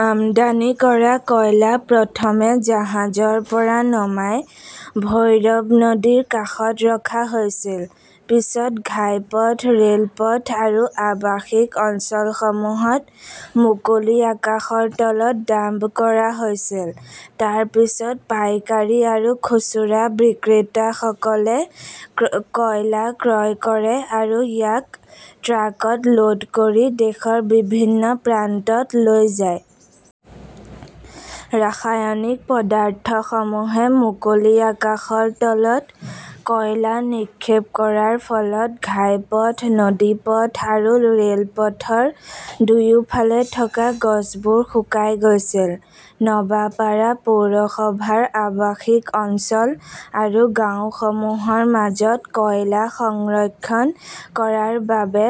আমদানি কৰা কয়লা প্ৰথমে জাহাজৰ পৰা নমাই ভৈৰৱ নদীৰ কাষত ৰখা হৈছিল। পিছত ঘাইপথ, ৰেলপথ আৰু আৱাসিক অঞ্চলসমূহত মুকলি আকাশৰ তলত ডাম্প কৰা হৈছিল। তাৰ পিছত পাইকাৰী আৰু খুচুৰা বিক্ৰেতাসকলে কয়লা ক্ৰয় কৰে আৰু ইয়াক ট্ৰাকত ল'ড কৰি দেশৰ বিভিন্ন প্ৰান্তত লৈ যায়। ৰাসায়নিক পদাৰ্থসমূহে মুকলি আকাশৰ তলত কয়লা নিক্ষেপ কৰাৰ ফলত ঘাইপথ, নদীপথ আৰু ৰেলপথৰ দুয়োফালে থকা গছবোৰ শুকাই গৈছিল। নৱাপাৰা পৌৰসভাৰ আৱাসিক অঞ্চল আৰু গাঁওসমূহৰ মাজত কয়লা সংৰক্ষণ কৰাৰ বাবে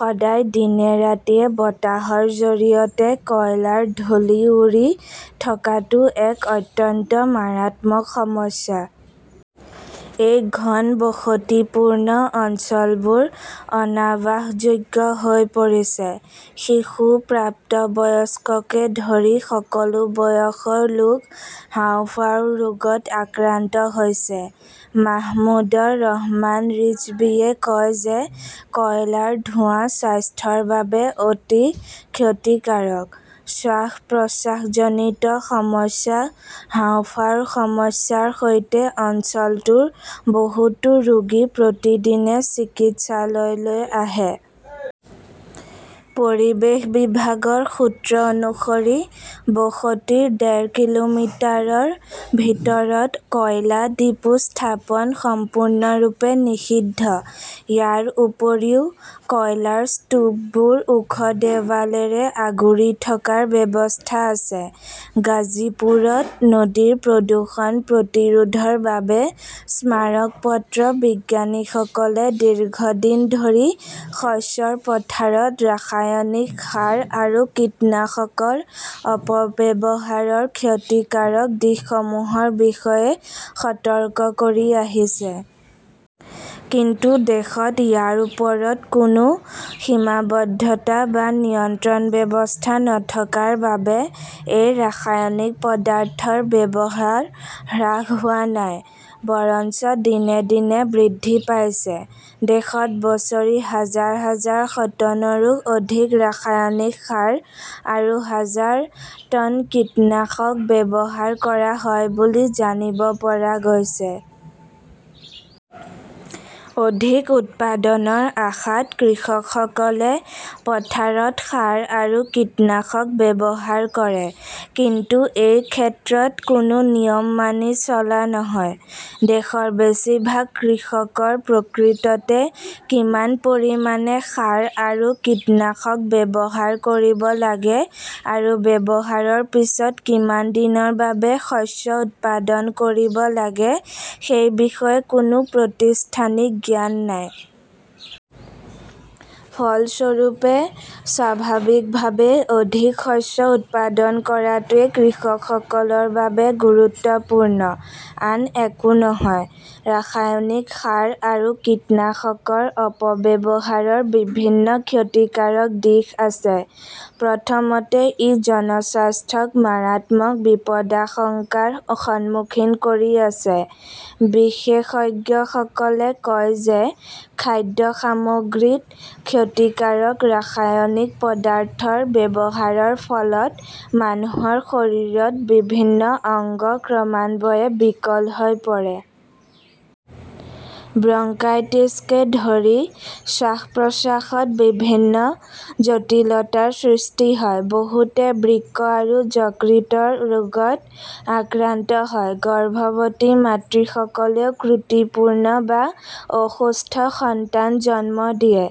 সদায় দিনে ৰাতিয়ে বতাহৰ জৰিয়তে কয়লাৰ ধূলি উৰি থকাটো এক অত্যন্ত মাৰাত্মক সমস্যা। এই ঘনবসতিপূৰ্ণ অঞ্চলবোৰ অনাৱাসযোগ্য হৈ পৰিছে। শিশু, প্ৰাপ্তবয়স্ককে ধৰি সকলো বয়সৰ লোক হাঁওফাঁওৰ ৰোগত আক্ৰান্ত হৈছে। মাহমুদৰ ৰহমান ৰিজৱীয়ে কয় যে কয়লাৰ ধোঁৱা স্বাস্থ্যৰ বাবে অতি ক্ষতিকাৰক। শ্বাস-প্ৰশ্বাসজনিত সমস্যা, হাঁওফাঁওৰ সমস্যাৰ সৈতে অঞ্চলটোৰ বহুতো ৰোগী প্ৰতিদিনে চিকিৎসালয়লৈ আহে। পৰিৱেশ বিভাগৰ সূত্ৰ অনুসৰি, বসতিৰ ডেৰ কিলোমিটাৰৰ ভিতৰত কয়লা ডিপো স্থাপন সম্পূৰ্ণৰূপে নিষিদ্ধ। ইয়াৰ উপৰিও, কয়লাৰ স্তূপবোৰ ওখ দেৱালেৰে আগুৰি থকাৰ ব্যৱস্থা আছে। গাজীপুৰত নদীৰ প্ৰদূষণ প্ৰতিৰোধৰ বাবে স্মাৰক পত্ৰ বিজ্ঞানীসকলে দীৰ্ঘদিন ধৰি শস্যৰ পথাৰত ৰাসায়নিক সাৰ আৰু কীটনাশকৰ অপব্যৱহাৰৰ ক্ষতিকাৰক দিশসমূহৰ বিষয়ে সতৰ্ক কৰি আহিছে। কিন্তু দেশত ইয়াৰ ওপৰত কোনো সীমাবদ্ধতা বা নিয়ন্ত্ৰণ ব্যৱস্থা নথকাৰ বাবে এই ৰাসায়নিক পদাৰ্থৰ ব্যৱহাৰ হ্ৰাস হোৱা নাই, বৰঞ্চ দিনে দিনে বৃদ্ধি পাইছে। দেশত বছৰি হাজাৰ হাজাৰ ষটনৰো অধিক ৰাসায়নিক সাৰ আৰু হাজাৰ টন কীটনাশক ব্যৱহাৰ কৰা হয় বুলি জানিব পৰা গৈছে। অধিক উৎপাদনৰ আশাত কৃষকসকলে পথাৰত সাৰ আৰু কীটনাশক ব্যৱহাৰ কৰে। কিন্তু এই ক্ষেত্ৰত কোনো নিয়ম মানি চলা নহয়। দেশৰ বেছিভাগ কৃষকৰ প্ৰকৃততে কিমান পৰিমাণে সাৰ আৰু কীটনাশক ব্যৱহাৰ কৰিব লাগে আৰু ব্যৱহাৰৰ পিছত কিমান দিনৰ বাবে শস্য উৎপাদন কৰিব লাগে সেই বিষয়ে কোনো প্ৰতিষ্ঠানিক জ্ঞান নাই। ফলস্বৰূপে, স্বাভাৱিকভাৱেই অধিক শস্য উৎপাদন কৰাটোৱেই কৃষকসকলৰ বাবে গুৰুত্বপূৰ্ণ, আন একো নহয়। ৰাসায়নিক সাৰ আৰু কীটনাশকৰ অপব্যৱহাৰৰ বিভিন্ন ক্ষতিকাৰক দিশ আছে। প্ৰথমতে, ই জনস্বাস্থ্যক মাৰাত্মক বিপদাশংকাৰ সন্মুখীন কৰি আছে। বিশেষজ্ঞসকলে কয় যে খাদ্য সামগ্ৰীত ক্ষতিকাৰক ৰাসায়নিক পদাৰ্থৰ ব্যৱহাৰৰ ফলত মানুহৰ শৰীৰত বিভিন্ন অংগ ক্ৰমান্বয়ে বিকল হৈ পৰে। ব্ৰংকাইটিছকে ধৰি শ্বাস-প্ৰশ্বাসত বিভিন্ন জটিলতাৰ সৃষ্টি হয়। বহুতে বৃক্ক আৰু যকৃতৰ ৰোগত আক্ৰান্ত হয়। গৰ্ভৱতী মাতৃসকলেও ত্ৰুটিপূৰ্ণ বা অসুস্থ সন্তান জন্ম দিয়ে।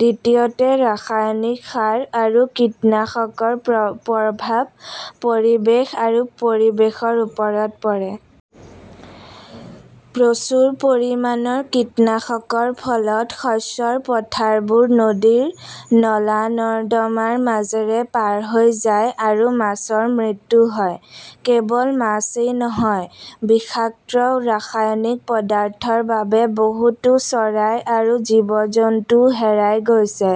দ্বিতীয়তে, ৰাসায়নিক সাৰ আৰু কীটনাশকৰ প্ৰভাৱ পৰিৱেশ আৰু পৰিৱেশৰ ওপৰত পৰে। প্ৰচুৰ পৰিমাণৰ কীটনাশকৰ ফলত শস্যৰ পথাৰবোৰ নদীৰ নলা-নৰ্দমাৰ মাজেৰে পাৰ হৈ যায় আৰু মাছৰ মৃত্যু হয়। কেৱল মাছই নহয়, বিষাক্ত ৰাসায়নিক পদাৰ্থৰ বাবে বহুতো চৰাই আৰু জীৱ-জন্তুও হেৰাই গৈছে।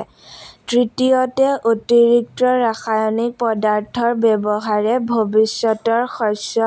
তৃতীয়তে, অতিৰিক্ত ৰাসায়নিক পদাৰ্থৰ ব্যৱহাৰে ভৱিষ্যতৰ শস্য